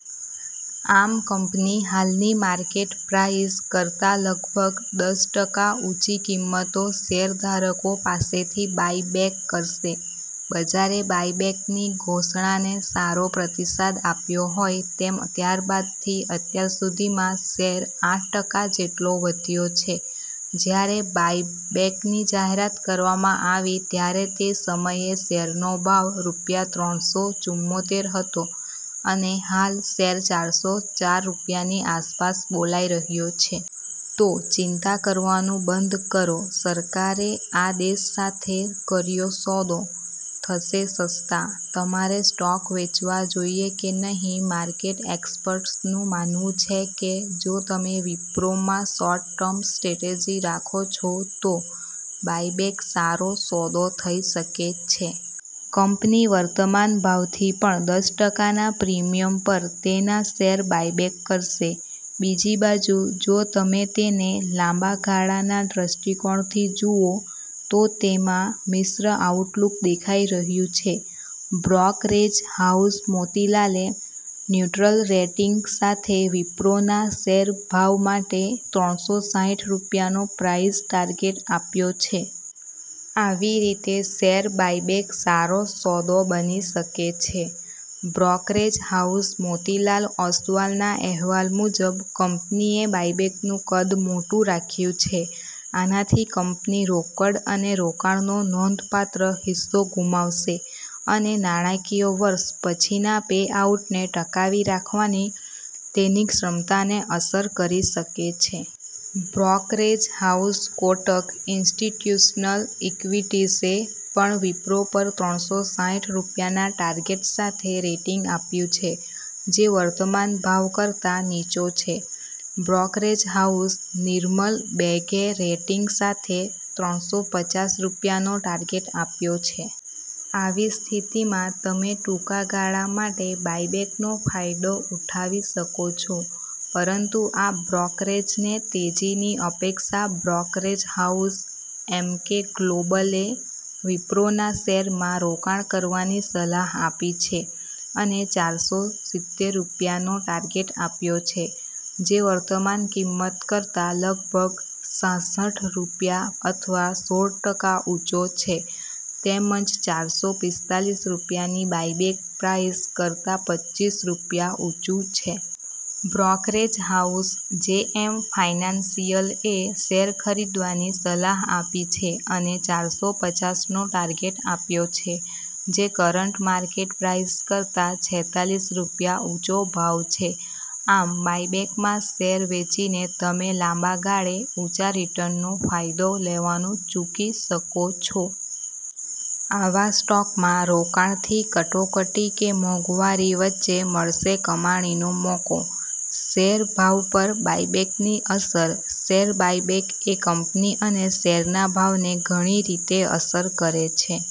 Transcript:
આમ કંપની હાલની market price કરતા લગભગ દસ ટકા ઉંચી કિંમતો શેરધારકો પાસેથી બાયબેક કરશે. બજારે બાયબેકની ઘોષણાને સારો પ્રતિસાદ આપ્યો હોય તેમ ત્યારબાદથી અત્યાર સુધીંમાં શેર આઠ ટકા જેટલો વધ્યો છે. જ્યારે બાયબેકની જાહેરાત કરવામાં આવી ત્યારે તે સમયે શેરનો ભાવ રૂપિયા ત્રણસો ચુમોતેર હતો અને હાલ શેર ચારસો ચાર રૂપિયાની આસપાસ બોલાઇ રહ્યો છે. તો ચિંતા કરવાનું બંધ કરો, સરકારે આ દેશ સાથે કર્યો સોદો, થશે સસ્તા! તમારે સ્ટોક વેચવા જોઈએ કે નહીં, માર્કેટ એક્સપર્ટ્સનું માનવું છે કે જો તમે વિપ્રોમાં શોર્ટ ટર્મ સ્ટ્રેટેજી રાખો છો તો બાયબેક સારો સોદો થઈ શકે છે. કંપની વર્તમાન ભાવથી પણ દસ ટકાના પ્રીમિયમ પર તેના શેર બાયબેક કરશે. બીજી બાજુ, જો તમે તેને લાંબા ગાળાના દ્રષ્ટિકોણથી જુઓ, તો તેમાં મિશ્ર આઉટલૂક દેખાઇ રહ્યું છે. બ્રોકરેજ હાઉસ મોતીલાલે ન્યુ્ટ્રલ રેટિંગ સાથે વિપ્રોના શેર ભાવ માટે ત્રણસો સાઈઠ રૂપિયાનો પ્રાઇસ ટાર્ગેટ આપ્યો છે. આવી રીતે શેર બાયબેક સારો સોદો બની શકે છે. બ્રોકરેજ હાઉસ મોતીલાલ ઓસવાલના અહેવાલ મુજબ, કંપનીએ બાયબેકનું કદ મોટું રાખ્યું છે. આનાથી કંપની રોકડ અને રોકાણનો નોંધપાત્ર હિસ્સો ગુમાવશે અને નાણાંકીય વર્ષ પછીના પેઆઉટને ટકાવી રાખવાની તેની ક્ષમતાને અસર કરી શકે છે. બ્રોકરેજ હાઉસ કોટક ઇન્સ્ટિટ્યૂશનલ ઇક્વિટીઝે પણ વિપ્રો પર ત્રણસો સાઈઠ રૂપિયાના ટાર્ગેટ સાથે રેટિંગ આપ્યુ છે, જે વર્તમાન ભાવ કરતાં નીચો છે. બ્રોકરેજ હાઉસ નિર્મલ બેંગે રેટિંગ સાથે ત્રણસો પચાસ રૂપિયાનો ટાર્ગેટ આપ્યો છે. આવી સ્થિતિમાં તમે ટૂંકા ગાળા માટે બાયબેકનો ફાયદો ઉઠાવી શકો છો. પરંતુ આ બ્રોકરેજને તેજીની અપેક્ષા બ્રોકરેજ હાઉસ એમકે ગ્લોબલે વિપ્રોના શેરમાં રોકાણ કરવાની સલાહ આપી છે અને ચારસો સિત્તેર રૂપિયાનો ટાર્ગેટ આપ્યો છે, જે વર્તમાન કિંમત કરતાં લગભગ છાસઠ રૂપિયા અથવા સોળ ટકા ઉંચો છે તેમજ ચારસો પિસ્તાલીસ રૂપિયાની બાયબેક પ્રાઇસ કરતાં પચ્ચીસ રૂપિયા ઉંચુ છે. બ્રોકરેજ હાઉસ જેએમ ફાઇનાન્શિયલએ શેર ખરીદવાની સલાહ આપી છે અને ચારસો પચાસનો ટાર્ગેટ આપ્યો છે, જે કરન્ટ માર્કેટ પ્રાઇસ કરતા છેતાલીસ રૂપિયા ઉંચો ભાવ છે. આમ બાયબેકમાં શેર વેચીને તમે લાંબા ગાળે ઊંચા રિટર્નનો ફાયદો લેવાનું ચૂકી શકો છો. આવા સ્ટોકમાં રોકાણથી કટોકટી કે મોંઘવારી વચ્ચે મળશે કમાણીનો મોકો. શેર ભાવ પર બાયબેકની અસર, શેર બાયબેક એ કંપની અને શેરના ભાવને ઘણી રીતે અસર કરે છે.